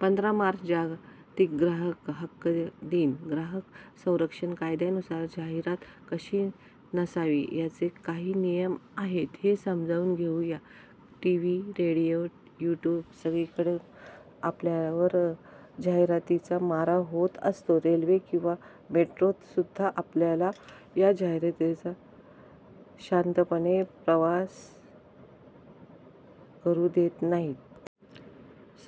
पंधरा मार्च, जागतिक ग्राहक हक्क दिन. ग्राहक संरक्षण कायद्यानुसार जाहिरात कशी नसावी, याचे काही नियम आहेत. ते समजून घेऊ या. टीव्ही, रेडियो, यूट्यूब सगळीकडून आपल्यावर जाहिरातींचा मारा होत असतो. रेल्वे किंवा मेट्रोतसुद्धा आपल्याला या जाहिराती शांतपणे प्रवास करू देत नाहीत.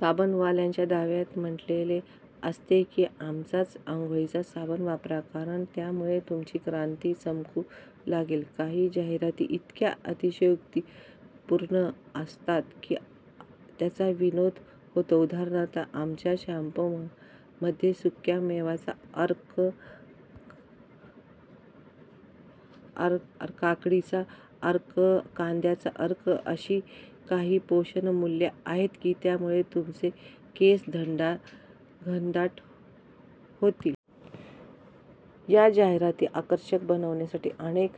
साबणवाल्यांच्या दाव्यात म्हटलेले असते की, आमचाच अंघोळीचा साबण वापरा, कारण त्यामुळे तुमची कांती चमकू लागेल. काही जाहिराती इतक्या अतिशयोक्तीपूर्ण असतात की, त्याचा विनोद होतो. उदा. आमच्या शाम्पूमध्ये सुक्या मेव्याचा अर्क, काकडीचा अर्क, कांद्याचा अर्क अशी काही पोषणमूल्ये आहेत की, त्यामुळे तुमचे केस घनदाट होतील. या जाहिराती आकर्षक बनवण्यासाठी अनेक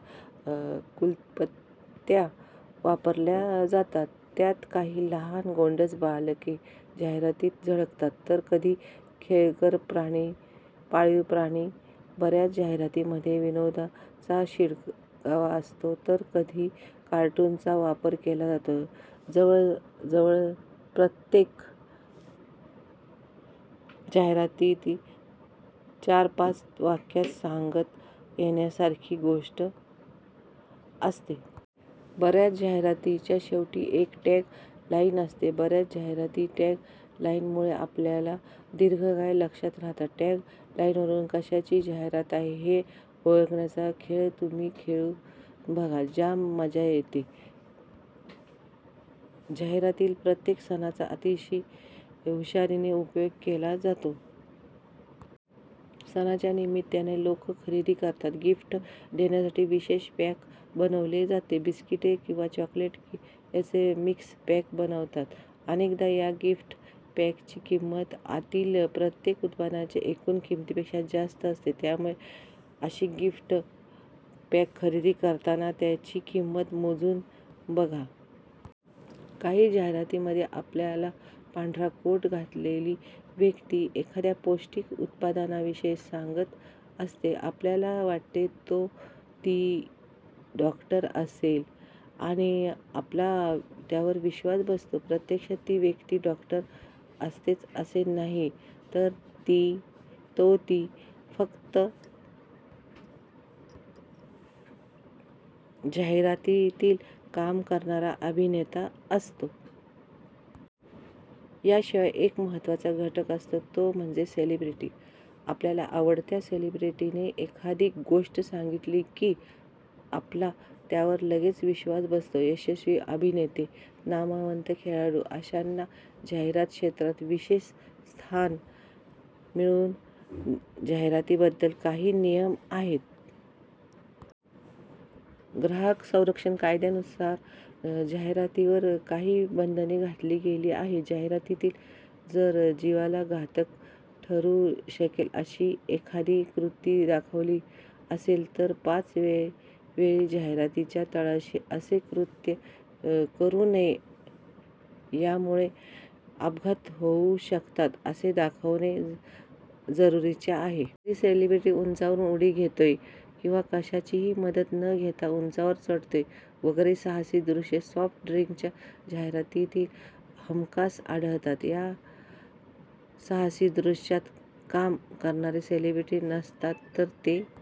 क्लृप्त्या वापरल्या जातात. त्यात कधी लहान गोंडस बालके जाहिरातीत झळकतात, तर कधी खेळकर पाळीव प्राणी. बऱ्याच जाहिरातींमध्ये विनोदाचा शिडकावा असतो, तर कधी कार्टूनचा वापर केला जातो. जवळ जवळ प्रत्येक जाहिरातीत चार-पाच वाक्यांत सांगता येण्यासारखी गोष्ट असते. बऱ्याच जाहिरातींच्या शेवटी एक टॅग लाइनअसते. बऱ्याच जाहिराती टॅग लाइनमुळे आपल्या दीर्घकाळ लक्षात राहतात. टॅग लाइनवरून कशाची जाहिरात आहे हे ओळखण्याचा खेळ तुम्ही खेळून बघा, जाम मजा येते. जाहिरातीत प्रत्येक सणाचा अतिशय हुशारीने उपयोग केला जातो. सणांच्या निमित्ताने लोक खरेदी करतात. गिफ्ट देण्यासाठी विशेष पॅक बनवले जाते. बिस्किटे किंवा चॉकलेट यांचे मिक्स पॅक बनवतात. अनेकदा या गिफ्ट पॅकची किंमत आतील प्रत्येक उत्पादनाच्या एकूण किमतीपेक्षा जास्त असते. त्यामुळे अशी गिफ्ट पॅक खरेदी करताना त्याची किंमत मोजून बघा. काही जाहिरातींमध्ये आपल्याला पांढरा कोट घातलेली व्यक्ती एखाद्या पौष्टिक उत्पादनाविषयी सांगत असते. आपल्याला वाटते, तो ी डॉक्टर असेल आणि आपला त्यावर विश्वास बसतो. प्रत्यक्षात ती व्यक्ती डॉक्टर असतेच असे नाही, तर तो फक्त जाहिरातीत काम करणारा अभिनेता असतो. याशिवाय एक महत्त्वाचा घटक असतो, तो म्हणजे सेलिब्रिटी. आपल्या आवडत्या सेलिब्रिटीने एखादी गोष्ट सांगितली की, आपला त्यावर लगेच विश्वास बसतो. यशस्वी अभिनेते, नामवंत खेळाडू अशांना जाहिरात क्षेत्रांत विशेष स्थान मिळते. जाहिरातींबद्दल काही नियम आहेत. ग्राहक संरक्षण कायद्यानुसार जाहिरातींवर काही बंधने घातली गेली आहेत. जाहिरातीत जर जीवाला घातक ठरू शकेल अशी एखादी कृती दाखवली असेल तर त्याच वेळी जाहिरातीच्या तळाशी असे कृत्य करू नये. त्यामुळे अपघात होऊ शकतात, असे दाखवणे जरुरीचे आहे. कोणीतरी सेलिब्रिटी उंचावरून उडी घेतोय, किंवा कशाचीही मदत न घेता उंचावर चढतोय वगैरे साहसी दृश्ये सॉफ्ट ड्रिंकच्या जाहिरातीत हमखास आढळतात. त्या साहसी दृश्यात काम करणारे सेलिब्रिटी नसतात, तर ते